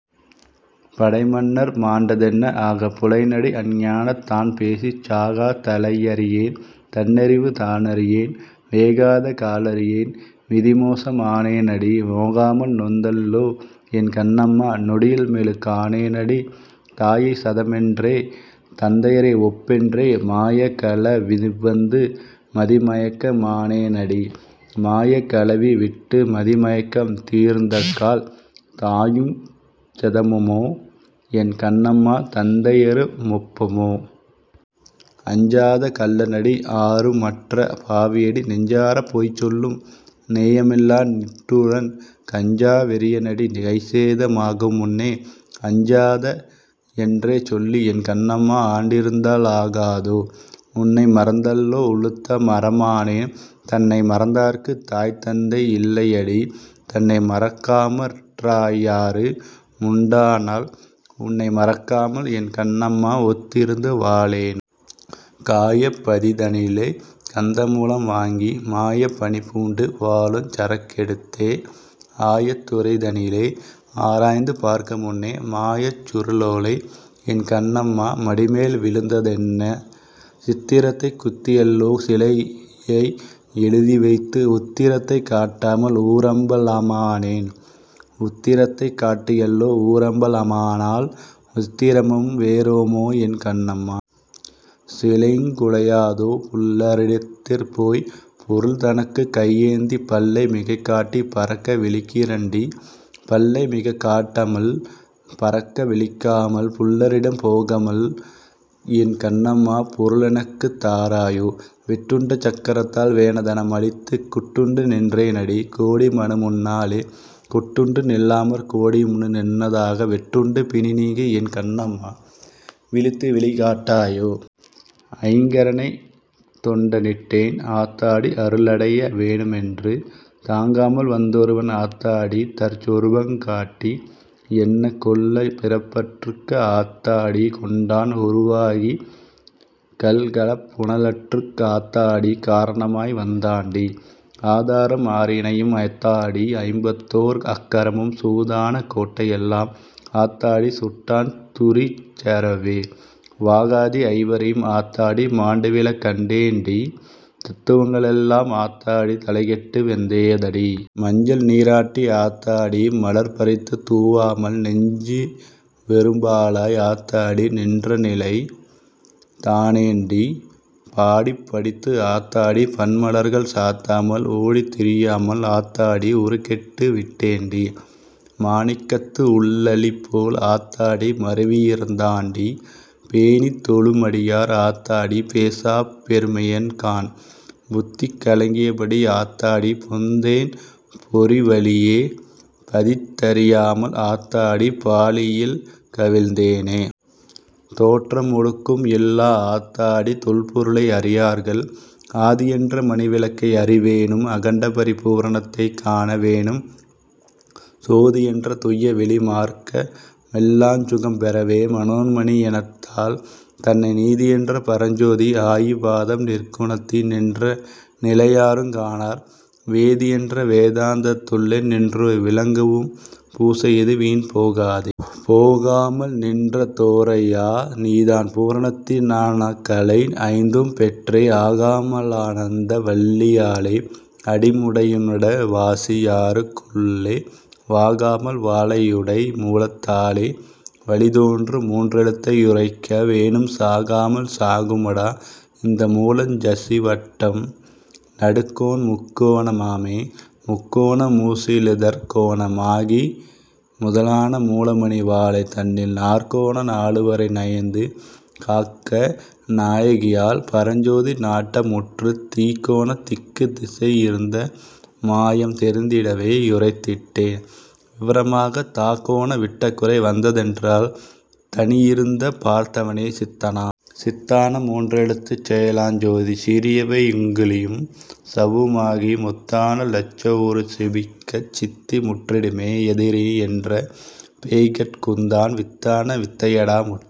படைமன்னர் மாண்டதென்ன? ஆகாப் புலையனடி அஞ்ஞானந் தான்பேசிச் சாகாத் தலையறியேன் தன்னறிவு தானறியேன் வேகாத காலறியேன் விதிமோச மானேனடி நோகாமல் நொந்தல்லோ என் கண்ணம்மா! நொடியில்மெழு கானேனடி! தாயைச் சதமென்றே தந்தையரை ஒப்பென்றே மாயக் கலவிவந்து மதிமயக்க மானேனடி மாயக் கலவிவிட்டு மதிமயக்கம் தீர்ந்தக்கால் தாயுஞ் சதமாமோ என் கண்னம்மா தந்தையரு மொப்பாமோ? அஞ்சாத கள்ளனடி ஆருமற்ற பாவியடி நெஞ்சாரப் போய்சொல்லும் நேயமில்லா நிட்டூரன் கஞ்சா வெறியனடி கைசேத மாகுமுன்னே அஞ்சாதே யென்றுசொல்லி என் கண்ணம்மா ஆண்டிருந்தா லாகாதோ! உன்னை மறந்தல்லோ உளுத்த மரமானேன் தன்னை மறந்தார்க்குத் தாய்தந்தை யில்லையடி தன்னை மறக்காமற் றாயாரு முண்டானால் உன்னை மறக்காமல் என் கண்னம்மா ஒத்திருந்து வாழேனோ? காயப் பதிதனிலே கந்தமூலம் வாங்கி மாயப் பணிபூண்டு வாழுஞ் சரக்கெடுத்தே ஆயத் துறைதனிலே ஆராய்ந்து பார்க்குமுன்னே மாயச் சுருளோலை என் கண்ணம்மா மடிமேல் விழுந்ததென்ன? சித்திரத்தை குத்தியல்லோ சிலையை எழுதிவைத்து உத்திரத்தைக் காட்டாமல் ஊரம்ப லமானேன் உத்திரத்தைக் காட்டியல்லோ ஊரம்ப லமானால் சித்திரமும் வேறாமோ என் கண்னம்மா! சிலையுங் குலையாதோ! புல்ல ரிடத்திற்போய்ப் பொருள்தனக்குக் கையேந்திப் பல்லை மிகக்காட்டிப் பரக்க விழிக்கிறண்டி பல்லை மிகக்காட்டமல் பரக்க விழிக்காமல் புல்லரிடம் போகமல் என் கண்ணம்மா பொருளெனக்குத் தாராயோ? வெட்டுண்ட சக்கரத்தால் வேண தனமளித்துக் குட்டுண்டு நின்றேண்டி கோடிமனு முன்னாலே குட்டுண்டு நில்லாமற் கோடிமனு முன்னாக வெட்டுண்டு பிணிநீங்கி என் கண்ணம்மா விழித்துவெளி காட்டாயோ! ஐங்கரனைத் தொண்ட னிட்டேன் ஆத்தாடி அருளடைய வேணுமென்று தாங்காமல் வந்தொருவன் ஆத்தாடி தற்சொரூபங் காட்டி யென்னை கொள்ள பிறப்பறுக்க ஆத்தாடி கொண்டான் குருவாகி கள்களப் புலனறுக்க ஆத்தாடி காரணமாய் வந்தாண்டி. ஆதாரம் ஆறினையும் ஆத்தாடி ஐம்பத்தோர் அக்கரமும் சூதான கோட்டையெல்லாம் ஆத்தாடி சுட்டான் துரிசறவே. வாகாதி ஐவரையும் ஆத்தாடி மாண்டுவிழக் கண்டேண்டி தத்துவங்க ளெல்லாம் ஆத்தாடி தலைகெட்டு வெந்ததடி. மஞ்சன நீராட்டி ஆத்தாடி மலர்பறித்துத் தூவாமல் நெஞ்சு வெறும்பாழாய் ஆத்தாடி நின்றநிலை காணேண்டி. பாடிப் படித்து ஆத்தாடி பன்மலர்கள் சாத்தாமல் ஓடித் திரியாமல் ஆத்தாடி உருக்கெட்டு விட்டேண்டி. மாணிக்கத்து உள்ளளிபோல் ஆத்தாடி மருவி யிருந்தாண்டி பேணித் தொழுமடியார் ஆத்தாடி பேசாப் பெருமையன் காண். புத்தி கலங்கியடி ஆத்தாடி போந்தேன் பொரிவழியே பதித்தறியாமல் ஆத்தாடி பாழியில் கவிழ்ந்தேனே. தோற்றம் மொடுக்கம் இல்லா ஆத்தாடி தொல் பொருளை அறியார்கள்... ஆதியென்ற மணிவிளக்கை அறி வேணும் அகண்டபரி பூரணத்தைக் காண வேணும் சோதியென்ற துய்யவெளி மார்க்க மெல்லாஞ் சுகம்பெறவெ மனோன்மணி யென்னாத்தாள் தன்னை நீதியென்ற பரஞ்சோதி ஆயி பாதம் நிற்குணத்தி னின்றநிலை யாருங் காணார் வேதியென்ற வேதாந்தத் துள்ளே நின்று விளங்கவும் பூசையிது வீண் போகாதே. போகாமல் நின்ற தோரையா நீதான் பூரணத்தி னானகலை ஐந்தும் பெற்றே ஆகாம லானந்த வல்லி யாலே அடிமுடியி னடுவாசி யாறுக் குள்ளே வாகாமல் வாலையுடை மூலத் தாலே வழிதோன்றும் மூன்றெழுத்தை யுரைக்க வேணும் சாகாமல் சாகுமடா இந்த மூலஞ் சசிவட்டம் நடுக்கோண முக்கோண மாமே. முக்கோண மூசுழிதற் கோண மாகி முதலான மூலமணி வாலை தன்னில் நாற்கோண நாலுவரை நயந்து காக்க நாயகியாள் பரஞ்சோதி நாட்ட முற்றுத் தீக்கோணத் திக்குதிசை யிருந்த மாயம் தெரிந்திடவே யுரைத்திட்டேன் விவர மாக தாக்கோண விட்டகுறை வந்த தென்றால் தனியிருந்து பார்த்தவனே சித்த னாமே. சித்தான மூன்றெழுத்துச் செயலாஞ் சோதி சீரியவை யுங்கிலியும் சவ்வு மாகி முத்தான லட்சவுரு செபிக்கச் சித்தி முற்றிடுமே யெதிரியென்ற பேய்கட் குந்தான் வித்தான வித்தையடா முட்டும்